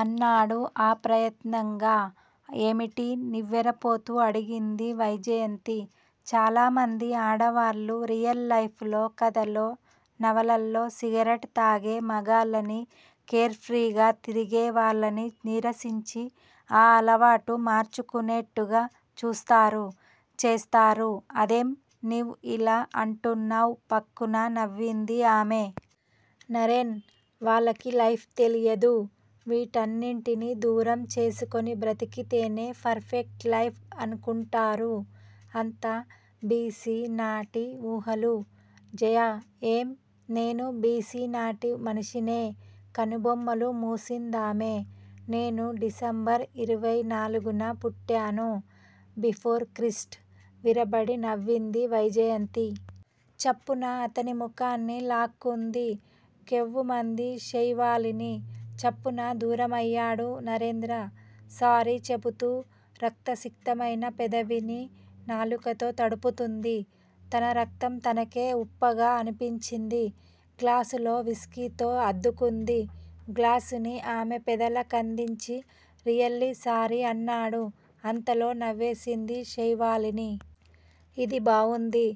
అన్నాడు ఆ ప్రయత్నంగా. ఏమిటి? నివేరపోతూ అడిగింది వైజయంతి. చాలా మంది ఆడవాళ్ళు రియల్ లైఫ్ లో, కధలో, నవలల్లో సిగరెట్ తాగే మొగాళ్ళని, కేర్ ఫ్రీగా తిరిగే వాళ్లని నిరసించి ఆ అలవాటు మార్చుకునేట్టుగా చూస్తారు. చేస్తారు అదేం. నీవు యిలా అంటున్నావ్ ఫక్కున నవ్వింది ఆమె. నరేన్! వాళ్లకి లైఫ్ తెలియదు. వీటన్నిటిని దూరం చేసుకొని బ్రతికితేనే పర్ ఫెక్ట్ లైఫ్ అనుకుంటారు. అంతా బి. సి. నాటి ఉహాలు! జయా! ఏం? నేనూ బి. సి నాటి మనిషినే?! కనుబొమ్మలు ముసిందామే. నేను డిసెంబరు ఇరవై నాలుగు న పుట్టాను. బిఫోర్ క్రిస్ట్ విరబడి నవ్వింది వైజయంతి. చప్పున అతని ముఖాన్ని లాక్కుంది. కేవుమంది శైవాలిని. చప్పున దూరమయ్యాడు నరేంద్ర సారీ! చెపుతూ రక్తసిక్తమైన పెదవిని నాలికతో తడుపుకుంది. తన రక్తం తనకే ఉప్పగా అనిపించింది. గ్లాసులో విస్కీతో అద్దుకుంది. గ్లాసుని ఆమె పేదల కందించి! రియల్లి సారీ అన్నాడు. అంతలో నవేసింది శైవాలిని. యిది బావుంది.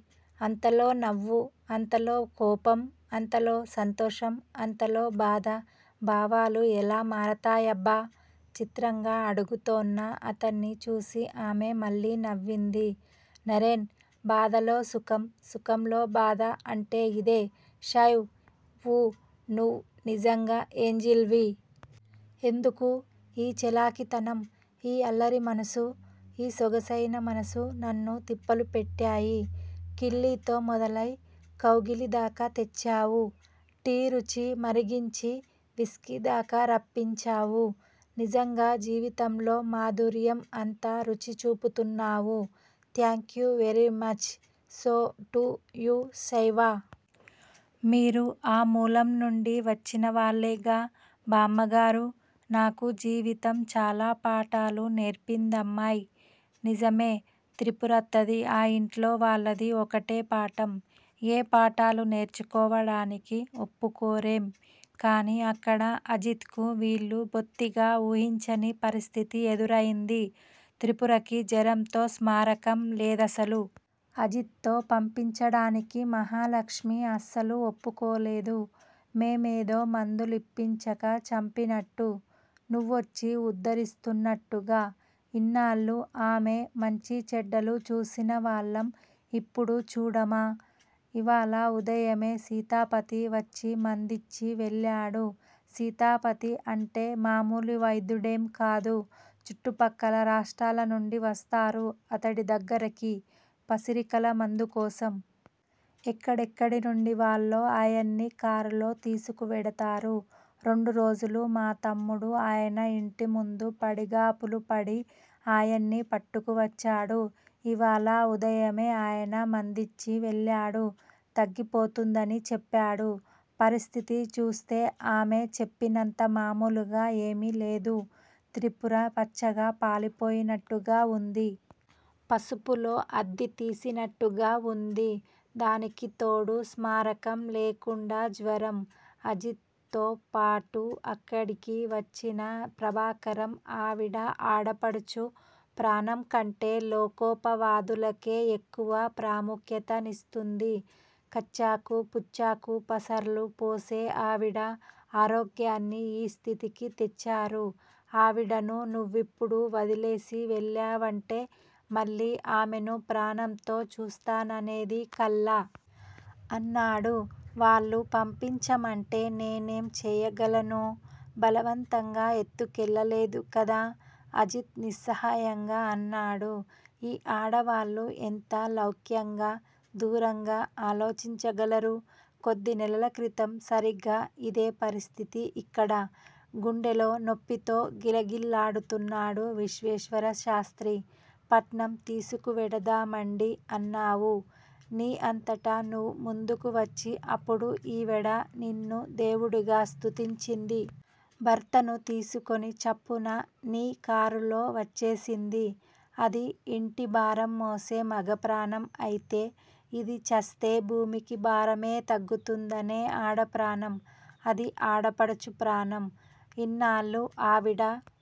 అంతలో నవ్వు, అంతలో కోపం! అంతలో సంతోషం అంతలో బాధ భావాలు ఎలా మరతాయబ్బా? చిత్రంగా అడుగుతోన్న అతన్ని చూసి ఆమె మళ్ళీ నవ్వింది. నరేన్! బాధలో సుఖం, సుఖంలో బాధ అంటే యిదే! శైవ్! ఊ నువు నిజంగా ఏంజిల్ వి? ఎందుకు? ఈ చలాకితనం, ఈ అల్లరి మనసు, ఈ సొగసైన మనసు నన్ను తిప్పలు పెట్టాయి. కిళ్ళితో మొదలై కౌగిలి దాకా తెచ్చావు. టీ రుచి మరిగించి విస్కీ దాకా రప్పించావు, నిజంగా జీవితంలో మాధుర్యం అంతా రుచి చూపుతున్నావు. Thank you very much! So! To you- శైవా! మీరూ ఆ మూలం నుండి వచ్చిన వాళ్ళేగా, బామ్మగారూ? నాకు జీవితం చాలా పాఠాలు నేర్పిందమ్మాయ్! నిజమే! త్రిపురత్తది, ఆ ఇంట్లో వాళ్ళది ఒకటే పాఠం. ఏ పాఠాలు నేర్చుకోవడానికి ఒప్పకోరేం. కానీ, అక్కడ అజిత్ కు వీళ్ళు బొత్తిగా ఊహించని పరిస్ధితి ఎదుర్తెంది. త్రిపురకి జ్వరంతో స్మారకం లేదసలు! అజిత్ తో పంపించడానికి మహాలక్ష్మి అస్సలు ఒప్పకోలేదు. మేమేదో మందులిప్పించక చంపినట్టు! నువ్వొచ్చి ఉద్దరిస్తున్నట్టుగా! ఇన్నాళ్ళు ఆమె మంచి చెడ్డలు చూసినవాళ్ళం ఇప్పుడు చూడమా? ఇవాళ ఉదయమే సీతాపతి వచ్చి మందిచ్చి వెళ్ళాడు. సీతాపతి అంటే మామూలు వ్తేద్యుడేం కాదు! చుట్టపక్కల రాష్ట్రలనుండి వస్తారు అతడి దగ్గరికి, పసిరికలు మందుకోసం! ఎక్కడెక్కడి వాళ్ళో ఆయన్ని కారులో తిసుకువెడతారు. రెండు రోజులు మా తమ్ముడు ఆయన ఇంటిముందు పడిగాపులుపడి ఆయన్ని పట్టుకు వచ్చాడు. ఇవాళ ఉదయమే ఆయన మందిచ్చి వెళ్ళాడు. తగ్గిపోతుందని చెప్పాడు. పరిస్ధితి చూస్తే ఆమె చెప్పినంత మామూలుగా ఏం లేదు. త్రిపుర పచ్చగా పాలిపోయినట్టుగా ఉంది. పసుపులో అద్ది తిసినట్టుగా ఉంది! దానికితోడు స్మారకం లేకుండా జ్వరం! అజిత్ తో పాటు అక్కడికి వచ్చిన ప్రభాకరం, ఆవిడ ఆడపడుచు ప్రాణంకంటే లోకోపవాదులకే ఎక్కువ ప్రాముఖ్యతనిస్తూంది. కచ్చాకు పుచ్చాకు పసర్లు పోసే ఆవిడ ఆరోగ్యాన్ని ఈ స్ధితికి తెచ్చారు. ఆవిడను నువ్విప్పుడు వదిలేసి వెళ్ళావంటే మళ్ళి ఆమెను ప్రాణంతో చూస్తాననేది కల్ల! అన్నాడు. వాళ్ళు పంపించమంటే నేనేం చేయగలను? బలవంతగా ఎత్తుకెళ్ళలేదు కదా? అజిత్ నిస్సహాయింగా అన్నాడు. ఈ ఆడవాళ్ళు ఎంత లౌక్యంగా, దూరంగా ఆలోచించగలరు! కొద్ది నెలల క్రితం సరిగా ఇదే పరిస్ధితి ఇక్కడ. గుండెలో నొప్పితో గిలగిల్లాడుతున్నాడు విశ్వేశ్వరశాస్త్రి! పట్నం తీసుకువెడదామండి అన్నావు ని అంతట నువ్వు ముందుకు వచ్చి, అప్పుడు ఈవిడ నిన్ను దేవుడిగా స్తుతించింది. భర్తను తీసుకొని చప్పన ని కారులో వచ్చేసింది. అది ఇంటిభారం మోసే మగప్రాణం అయితే, ఇదిచస్తే భూమికి భారమే తగ్గుతుందనే ఆడప్రాణం! అది ఆడపడుచు ప్రాణం! ఇన్నాళ్ళు ఆవిడ